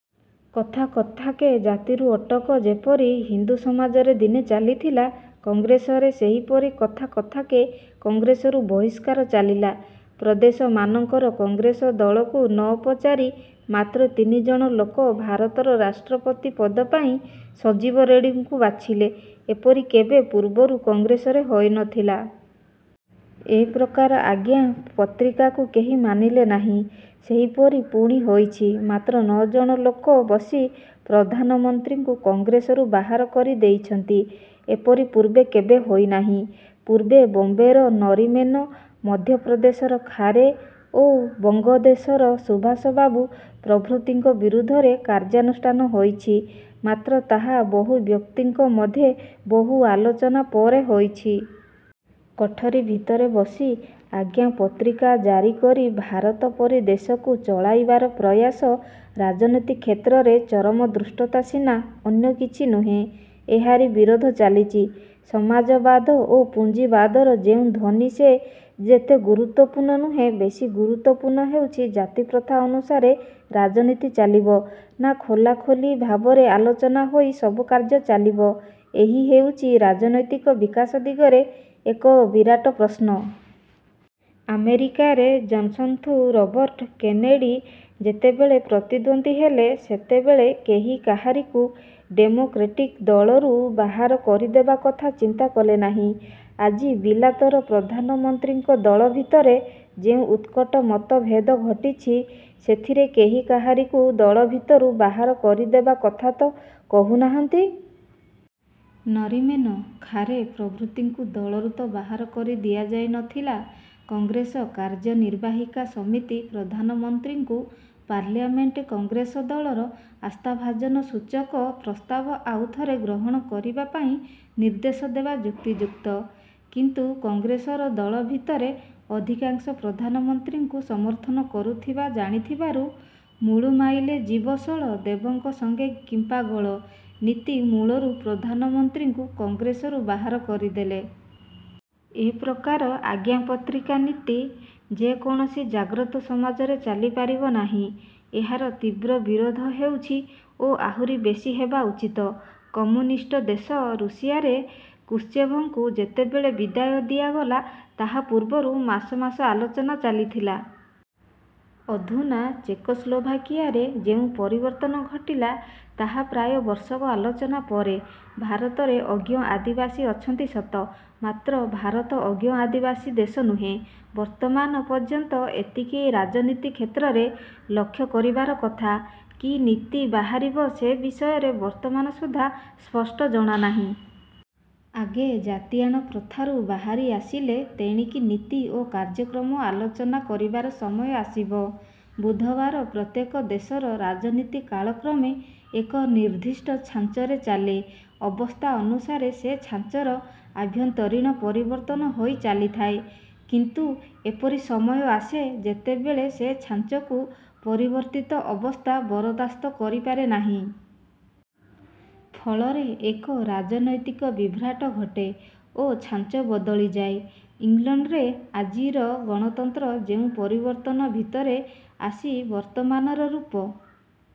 କଥା କଥାକେ ଜାତିରୁ ଅଟକ ଯେପରି ହିନ୍ଦୁ ସମାଜରେ ଦିନେ ଚାଲିଥିଲା, କଂଗ୍ରେସରେ ସେହିପରି କଥା କଥାକେ କଂଗ୍ରେସରୁ ବହିଷ୍କାର ଚାଲିଲା। ପ୍ରଦେଶମାନଙ୍କର କଂଗ୍ରେସ ଦଳକୁ ନ ପଚାରି ମାତ୍ର ତିନିଜଣ ଲୋକ ଭାରତର ରାଷ୍ଟ୍ରପତି ପଦ ପାଇଁ ସଞ୍ଜୀବ ରେଡ଼ିଙ୍କୁ ବାଛିଲେ। ଏପରି କେବେ ପୂର୍ବରୁ କଂଗ୍ରେସରେ ହୋଇ ନଥିଲା। ଏ ପ୍ରକାର ଆଜ୍ଞା ପତ୍ରିକାକୁ କେହି ମାନିଲେ ନାହିଁ। ସେହିପରି ପୁଣି ହୋଇଛି ମାତ୍ର ନଅଜଣ ଲୋକ ବସି ପ୍ରଧାନମନ୍ତ୍ରୀଙ୍କୁ କଂଗ୍ରେସରୁ ବାହାର କରି ଦେଇଛନ୍ତି। ଏପରି ପୂର୍ବେ କେବେ ହୋଇନାହିଁ। ପୂର୍ବେ ବମ୍ବେର ନରିମେନ, ମଧ୍ୟପ୍ରଦେଶର ଖାରେ ଓ ବଙ୍ଗଦେଶର ସୁଭାଷବାବୁ ପ୍ରଭୃତିଙ୍କ ବିରୁଦ୍ଧରେ କାର୍ଯ୍ୟାନୁଷ୍ଠାନ ହୋଇଛି; ମାତ୍ର ତାହା ବହୁବ୍ୟକ୍ତିଙ୍କ ମଧ୍ୟେ ବହୁ ଆଲୋଚନା ପରେ ହୋଇଛି। କୋଠରୀ ଭିତରେ ବସି ଆଜ୍ଞା ପତ୍ରିକା ଜାରି କରି ଭାରତ ପରି ଦେଶକୁ ଚଳାଇବାର ପ୍ରୟାସ ରାଜନୀତି କ୍ଷେତ୍ରରେ ଚରମ ଧୃଷ୍ଟତା ସିନା ଅନ୍ୟ କିଛି ନୁହେଁ। ଏହାରି ବିରୋଧ ଚାଲିଛି। ସମାଜବାଦ ଓ ପୁଞ୍ଜିବାଦର ଯେଉଁ ଧ୍ୱନି ସେ ଯେତେ ଗୁରୁତ୍ୱପୂର୍ଣ୍ଣ ନୁହେଁ, ବେଶି ଗୁରୁତ୍ୱପୂର୍ଣ୍ଣ ହେଉଛି, ଜାତିପ୍ରଥା ଅନୁସାରେ ରାଜନୀତି ଚାଲିବ ନାଁ ଖୋଲାଖୋଲି ଭାବରେ ଆଲୋଚନା ହୋଇ ସବୁ କାର୍ଯ୍ୟ ଚାଲିବ- ଏହି ହେଉଛି ରାଜନୈତିକ ବିକାଶ ଦିଗରେ ଏକ ବିରାଟ ପ୍ରଶ୍ନ। ଆମେରିକାରେ ଜୋନ୍ସନ୍ଙ୍କୁ ରବର୍ଟ କେନେଡ଼ି ଯେତେବେଳେ ପ୍ରତିଦ୍ୱନ୍ଦ୍ୱୀ ହେଲେ, ସେତେବେଳେ କେହି କାହାରିକୁ ଡେମୋକ୍ରେଟିକ୍ ଦଳରୁ ବାହାର କରିଦେବା କଥା ଚିନ୍ତା କଲେନାହିଁ। ଆଜି ବିଲାତର ପ୍ରଧାନମନ୍ତ୍ରୀଙ୍କ ଦଳ ଭିତରେ ଯେଉଁ ଉତ୍କଟ ମତଭେଦ ଘଟିଛି, ସେଥିରେ କେହି କାହାରିକୁ ଦଳ ଭିତରୁ ବାହାର କରିଦେବା କଥା ତ କହୁନାହାନ୍ତି। ନରିମେନ, ଖାରେ ପ୍ରଭୃତିଙ୍କୁ ଦଳରୁ ତ ବାହାର କରି ଦିଆଯାଇ ନଥିଲା। କଂଗ୍ରେସ କାର୍ଯ୍ୟନିର୍ବାହିକା ସମିତି ପ୍ରଧାନମନ୍ତ୍ରୀଙ୍କୁ ପାର୍ଲାମେଣ୍ଟ କଂଗ୍ରେସ ଦଳର ଆସ୍ଥାଭାଜନ ସୂଚକ ପ୍ରସ୍ତାବ ଆଉ ଥରେ ଗ୍ରହଣ କରିବାପାଇଁ ନିର୍ଦ୍ଦେଶ ଦେବା ଯୁକ୍ତିଯୁକ୍ତ; କିନ୍ତୁ କଂଗ୍ରେସ ଦଳ ଭିତରେ ଅଧିକାଂଶ ପ୍ରଧାନମନ୍ତ୍ରୀଙ୍କୁ ସମର୍ଥନ କରୁଥିବା ଜାଣିଥିବାରୁ ''ମୁଳୁ ମାଇଲେ ଯିବ ଶଳ, ଦେବଙ୍କ ସଙ୍ଗେ କିମ୍ପା ଗୋଳ'' ନୀତି ମୂଳରୁ ପ୍ରଧାନମନ୍ତ୍ରୀଙ୍କୁ କଂଗ୍ରେସରୁ ବାହାର କରିଦେଲେ। ଏ ପ୍ରକାର ''ଆଜ୍ଞା ପତ୍ରିକା ନୀତି'' ଯେ କୌଣସି ଜାଗ୍ରତ ସମାଜରେ ଚାଲିପାରିବ ନାହିଁ। ଏହାର ତୀବ୍ର ବିରୋଧ ହେଉଛି ଓ ଆହୁରି ବେଶି ହେବା ଉଚିତ। କମ୍ୟୁନିଷ୍ଟ ଦେଶ ରୁଷିଆରେ କୁଶ୍ଚେଭଙ୍କୁ ଯେତେବେଳେ ବିଦାୟ ଦିଆଗଲା ତାହା ପୂର୍ବରୁ ମାସ ମାସ ଆଲୋଚନା ଚାଲିଥିଲା। ଅଧୁନା ଚେକୋସ୍ଲୋଭାକିଆରେ ଯେଉଁ ପରିବର୍ତ୍ତନ ଘଟିଲା, ତାହା ପ୍ରାୟ ବର୍ଷକ ଆଲୋଚନା ପରେ। ଭାରତରେ ଅଜ୍ଞ ଆଦିବାସୀ ଅଛନ୍ତି ସତ ମାତ୍ର ଭାରତ ଅଜ୍ଞ ଆଦିବାସୀ ଦେଶ ନୁହେଁ। ବର୍ତ୍ତମାନ ପର୍ଯ୍ୟନ୍ତ ଏତିକି ରାଜନୀତି କ୍ଷେତ୍ରରେ ଲକ୍ଷ୍ୟ କରିବାର କଥା। କି ନୀତି ବାହାରିବ ସେ ବିଷୟ ବର୍ତ୍ତମାନ ସୁଦ୍ଧା ସ୍ପଷ୍ଟ ଜଣାନାହିଁ। ଆଗେ ଜାତିଆଣ ପ୍ରଥାରୁ ବାହାରି ଆସିଲେ ତେଣିକି ନୀତି ଓ କାର୍ଯ୍ୟକ୍ରମ ଆଲୋଚନା କରିବାର ସମୟ ଆସିବ। ବୁଧବାର ପ୍ରତ୍ୟେକ ଦେଶର ରାଜନୀତି କାଳକ୍ରମେ ଏକ ନିର୍ଦ୍ଦିଷ୍ଟ ଛାଞ୍ଚରେ ଚାଲେ। ଅବସ୍ଥା ଅନୁସାରେ ସେ ଛାଞ୍ଚର ଆଭ୍ୟନ୍ତରୀଣ ପରିବର୍ତ୍ତନ ହୋଇ ଚାଲିଥାଏ; କିନ୍ତୁ ଏପରି ସମୟ ଆସେ, ଯେତେବେଳେ ସେ ଛାଞ୍ଚକୁ ପରିବର୍ତ୍ତିତ ଅବସ୍ଥା ବରଦାସ୍ତ କରିପାରେ ନାହିଁ। ଫଳରେ ଏକ ରାଜନୈତିକ ବିଭ୍ରାଟ ଘଟେ ଓ ଛାଞ୍ଚ ବଦଳିଯାଏ। ଇଂଲଣ୍ଡରେ ଆଜିର ଗଣତନ୍ତ୍ର ଯେଉଁ ପରିବର୍ତ୍ତନ ଭିତରେ ଆସି ବର୍ତ୍ତମାନର ରୂପ